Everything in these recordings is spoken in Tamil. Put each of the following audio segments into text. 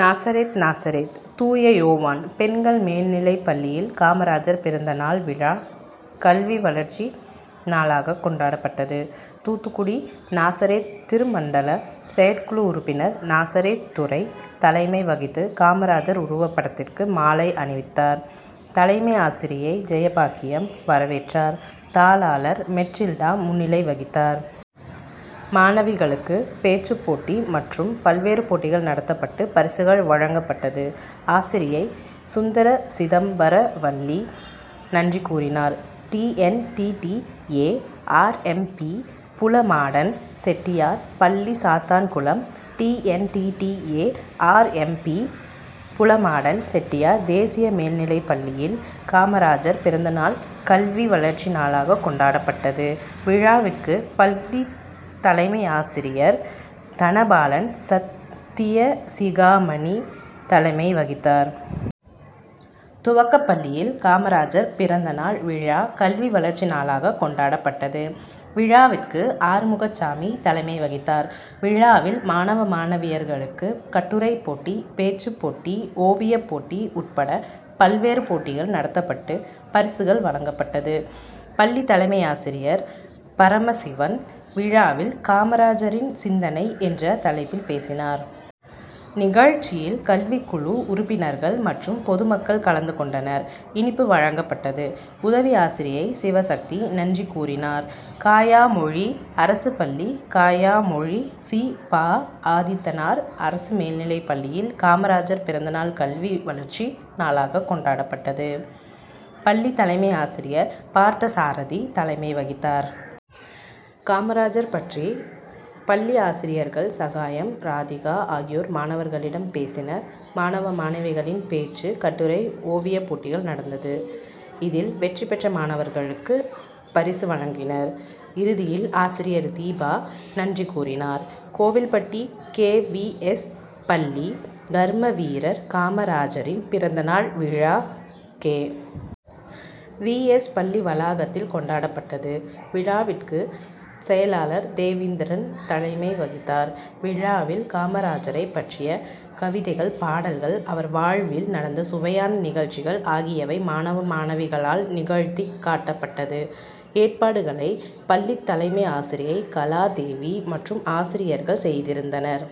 நாசரேத் நாசரேத் தூய யோவான் பெண்கள் மேல்நிலைப்பள்ளியில் காமராஜர் பிறந்தநாள் விழா கல்வி வளர்ச்சி நாளாகக் கொண்டாடப்பட்டது. தூத்துக்குடி-நாசரேத் திருமண்டல செயற்குழு உறுப்பினர் நாசரேத் துரை தலைமை வகித்து காமராஜர் உருவப்படத்திற்கு மாலை அணிவித்தார். தலைமை ஆசிரியை ஜெயபாக்கியம் வரவேற்றார். தாளாளர் மெற்றில்டா முன்னிலை வகித்தார். மாணவிகளுக்கு பேச்சுப்போட்டி மற்றும் பல்வேறு போட்டிகள் நடத்தப்பட்டு பரிசுகள் வழங்கப்பட்டது. ஆசிரியை சுந்தரசிதம்பரவள்ளி நன்றி கூறினார். டிஎன்டிடிஏ ஆர்எம்பி புலமாடன் செட்டியார் பள்ளி சாத்தான்குளம் டிஎன்டிடிஏ ஆர்எம்பி புலமாடன் செட்டியார் தேசிய மேல்நிலைப்பள்ளியில் காமராஜர் பிறந்தநாள் கல்வி வளர்ச்சி நாளாகக் கொண்டாடப்பட்டது. விழாவிற்கு பள்ளித் தலைமையாசிரியர் தனபாலன் சத்தியசிகாமணி தலைமை வகித்தார். துவக்கப்பள்ளியில் காமராஜர் பிறந்தநாள் விழா கல்வி வளர்ச்சி நாளாகக் கொண்டாடப்பட்டது. விழாவிற்கு ஆறுமுகச்சாமி தலைமை வகித்தார். விழாவில் மாணவ மாணவியர்களுக்கு கட்டுரைப்போட்டி பேச்சுப்போட்டி ஓவியப்போட்டி உட்பட பல்வேறு போட்டிகள் நடத்தப்பட்டு பரிசுகள் வழங்கப்பட்டது. பள்ளி தலைமையாசிரியர் பரமசிவன் விழாவில் காமராஜரின் சிந்தனை என்ற தலைப்பில் பேசினார். நிகழ்ச்சியில் கல்விக்குழு உறுப்பினர்கள் மற்றும் பொதுமக்கள் கலந்து கொண்டனர். இனிப்பு வழங்கப்பட்டது. உதவி ஆசிரியை சிவசக்தி நன்றி கூறினார். காயாமொழி அரசு பள்ளி காயாமொழி சி. பா. ஆதித்தனார் அரசு மேல்நிலைப்பள்ளியில் காமராஜர் பிறந்தநாள் கல்வி வளர்ச்சி நாளாகக் கொண்டாடப்பட்டது. பள்ளி தலைமை ஆசிரியர் பார்த்தசாரதி தலைமை வகித்தார். காமராஜர் பற்றி பள்ளி ஆசிரியர்கள் சகாயம் ராதிகா ஆகியோர் மாணவர்களிடம் பேசினர். மாணவ மாணவிகளின் பேச்சு கட்டுரை ஓவியப் போட்டிகள் நடந்தது. இதில் வெற்றி பெற்ற மாணவர்களுக்கு பரிசு வழங்கினர். இறுதியில் ஆசிரியர் தீபா நன்றி கூறினார். கோவில்பட்டி கேவிஎஸ். பள்ளி தர்மவீரர் காமராஜரின் பிறந்த நாள் விழா கே. வி. எஸ் பள்ளி வளாகத்தில் கொண்டாடப்பட்டது. விழாவிற்கு செயலாளர் தேவேந்திரன் தலைமை வகித்தார். விழாவில் காமராஜரைப் பற்றிய கவிதைகள் பாடல்கள் அவர் வாழ்வில் நடந்த சுவையான நிகழ்ச்சிகள் ஆகியவை மாணவ மாணவிகளால் நிகழ்த்திக் காட்டப்பட்டது. ஏற்பாடுகளை பள்ளித் தலைமை ஆசிரியை கலா தேவி மற்றும் ஆசிரியர்கள் செய்திருந்தனர்.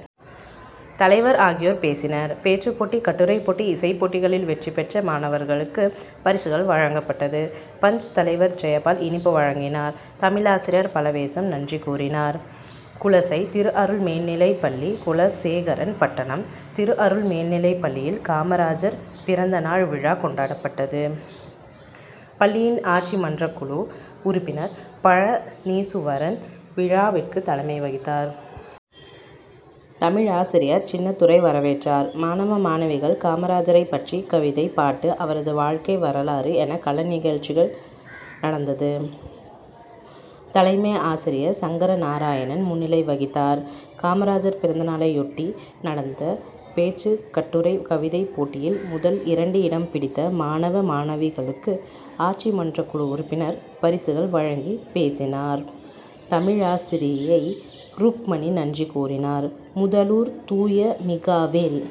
தலைவர் ஆகியோர் பேசினர். பேச்சுப் போட்டி கட்டுரைப் போட்டி இசைப் போட்டிகளில் வெற்றி பெற்ற மாணவர்களுக்கு பரிசுகள் வழங்கப்பட்டது. பஞ்.தலைவர் ஜெயபால் இனிப்பு வழங்கினார். தமிழாசிரியர் பலவேசம் நன்றி கூறினார். குலசை. திருஅருள் மேல்நிலைப்பள்ளி குலசேகரன்பட்டணம் திருஅருள் மேல்நிலைப்பள்ளியில் காமராஜர் பிறந்தநாள் விழா கொண்டாடப்பட்டது. பள்ளியின் ஆட்சி மன்றக்குழு உறுப்பினர் பழநீசுவரன் விழாவிற்கு தலைமை வகித்தார். தமிழாசிரியர் சின்னத்துரை வரவேற்றார். மாணவ மாணவிகள் காமராஜரைப்பற்றி கவிதை பாட்டு அவரது வாழ்க்கை வரலாறு என கலைநிகழ்ச்சிகள் நடந்தது. தலைமை ஆசிரியர் சங்கரநாராயணன் முன்னிலை வகித்தார். காமராஜர் பிறந்தநாளையொட்டி நடந்த பேச்சு கட்டுரை கவிதைப்போட்டியில் முதல் இரண்டு இடம் பிடித்த மாணவ மாணவிகளுக்கு ஆட்சிமன்றக்குழு உறுப்பினர் பரிசுகள் வழங்கி பேசினார். தமிழாசிரியை ருக்மணி நன்றி கூறினார். முதலூர் தூய மிகாவேல்